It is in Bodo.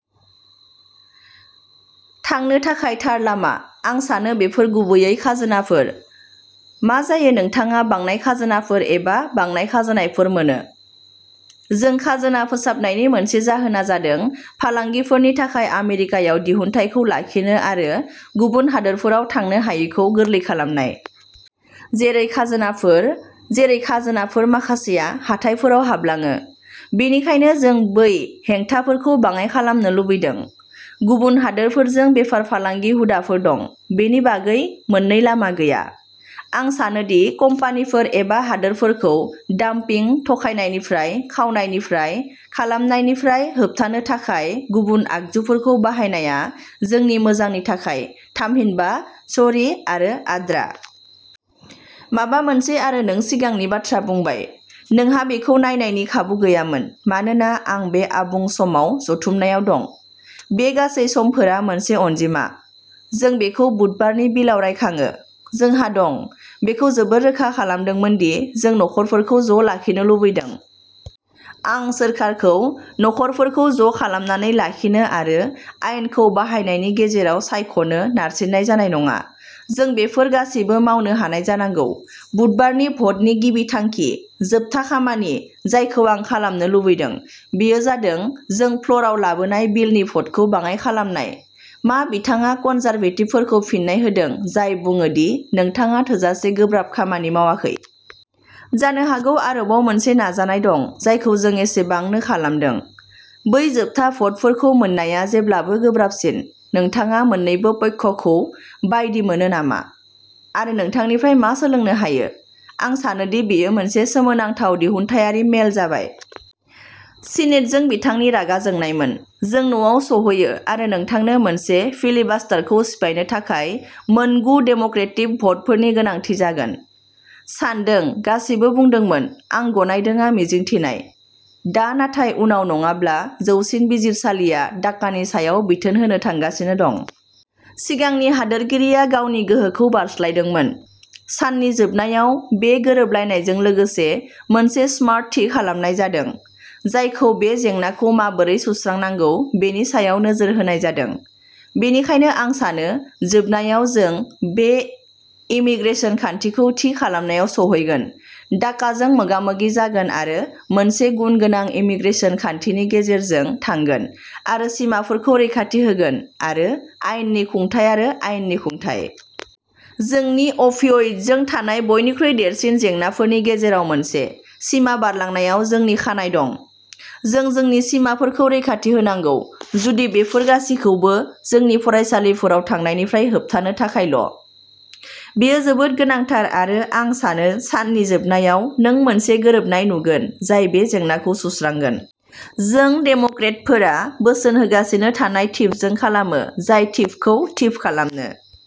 थांनो थाखाय थार लामा। आं सानो बेफोर गुबैयै खाजोनाफोर। मा जायो नोंथाङा बांनाय खाजोनाफोर एबा बांनाय खाजोनाफोर मोनो। जों खाजोना फोसाबनायनि मोनसे जाहोना जादों फालांगिफोरनि थाखाय आमेरिकायाव दिहुनथायखौ लाखिनो आरो गुबुन हादोरफोराव थांनो हायैखौ गोरलै खालामनाय। जेरै खाजोनाफोर, जेरै खाजोनाफोर, माखासेया हाथाइफोराव हाबलाङो। बेनिखायनो जों बै हेंथाफोरखौ बाङाइ खालामनो लुगैदों। गुबुन हादोरफोरजों बेफार फालांगि हुदाफोर दं, बेनि बागै मोननै लामा गैया। आं सानो दि कम्पानिफोर एबा हादोरफोरखौ डाम्पिं, थगायनायनिफ्राय, खावनायनिफ्राय, खालामनायनिफ्राय होबथानो थाखाय गुबुन आगजुफोरखौ बाहायनाया जोंनि मोजांनि थाखाय, थामहिनबा चोरी आरो आद्रा। माबा मोनसे आरो नों सिगांनि बाथ्रा बुंबाय। नोंहा बेखौ नायनायनि खाबु गैयामोन मानोना आं बे आबुं-समाव जथुमनायाव दं। बे गासै समफोरा मोनसे अनजिमा। जों बेखौ बुधबारनि बिलआव रायखाङो। जोंहा दं। बेखौ जोबोर रोखा खालामदोंमोन दि जों नखरफोरखौ ज' लाखिनो लुबैदों। आं सोरखारखौ नखरफोरखौ ज'खालामनानै लाखिनो आरो आयेनखौ बाहायनायनि गेजेराव सायख'नो नारसिननाय जानाय नङा। जों बेफोर गासैबो मावनो हानाय जानांगौ। बुधबारनि भ'टनि गिबि थांखि। जोबथा खामानि जायखौ आं खालामनो लुबैदों बेयो जादों जों फ्ल'रआव लाबोनाय बिलनि भ'टखौ बाङाइ खालामनाय मा बिथाङा कनजारभेटिभफोरखौ फिन्नाय होदों जाय बुङो दि नोंथाङा थोजासे गोब्राब खामानि मावाखै। जानो हागौ आरोबाव मोनसे नाजानाय दं जायखौ जों एसेबांनो खालामदों। बै जोबथा भ'टफोरखौ मोननाया जेब्लाबो गोब्राबसिन। नोंथाङा मोन्नैबो पक्षखौ बायदि मोनो नामा आरो नोंथांनिफ्राय मा सोलोंनो हायो। आं सानोदि बेयो मोनसे सोमोनांथाव दिहुनथायारि मेल जाबाय। सिनेटजों बिथांनि रागा जोंनायमोन। जों न'आव सौहैयो आरो नोंथांनो मोनसे फिलिबास्टारखौ सिफायनो थाखाय मोनगु डेम'क्रेटिक भ'टफोरनि गोनांथि जागोन। सानदों गासैबो बुंदोंमोन, आं गनायदोंआ मिजिं थिनाय। दा, नाथाय उनाव नङाब्ला जौसिन बिजिरसालिया डाकानि सायाव बिथोन होनो थांगासिनो दं। सिगांनि हादोरगिरिया गावनि गोहोखौ बारस्लायदोंमोन। साननि जोबनायाव, बे गोरोबलायनायजों लोगोसे मोनसे स्मार्ट थि खालामनाय जादों, जायखौ बे जेंनाखौ माबोरै सुस्रांनांगौ बेनि सायाव नोजोर होनाय जादों, बेनिखायनो आं सानो जोबनायाव, जों बे इमीग्रेसन खान्थिखौ थि खालामनायाव सौहैगोन, डाकाजों मोगा-मोगि जागोन आरो मोनसे गुन गोनां इमीग्रेसन खान्थिनि गेजेरजों थांगोन आरो सिमाफोरखौ रैखाथि होगोन आरो आयेननि खुंथाय आरो आयेननि खुंथाय। जोंनि अफियइडजों थानाय बयनिख्रुइ देरसिन जेंनाफोरनि गेजेराव मोनसे, सिमा बारलांनायाव जोंनि खानाय दं। जों जोंनि सिमाफोरखौ रैखाथि होनांगौ। जुदि बेफोर गासिबोखौ जोंनि फरायसालिफोराव थांनायनिफ्राय होबथानो थाखायल'। बेयो जोबोद गोनांथार आरो आं सानो साननि जोबनायाव, नों मोनसे गोरोबनाय नुगोन जाय बे जेंनाखौ सुस्रांगोन। जों डेम'क्रेटफोरा बोसोन होगासिनो थानाय थिफजों खालामो, जाय थिफखौ थिफ खालामनो।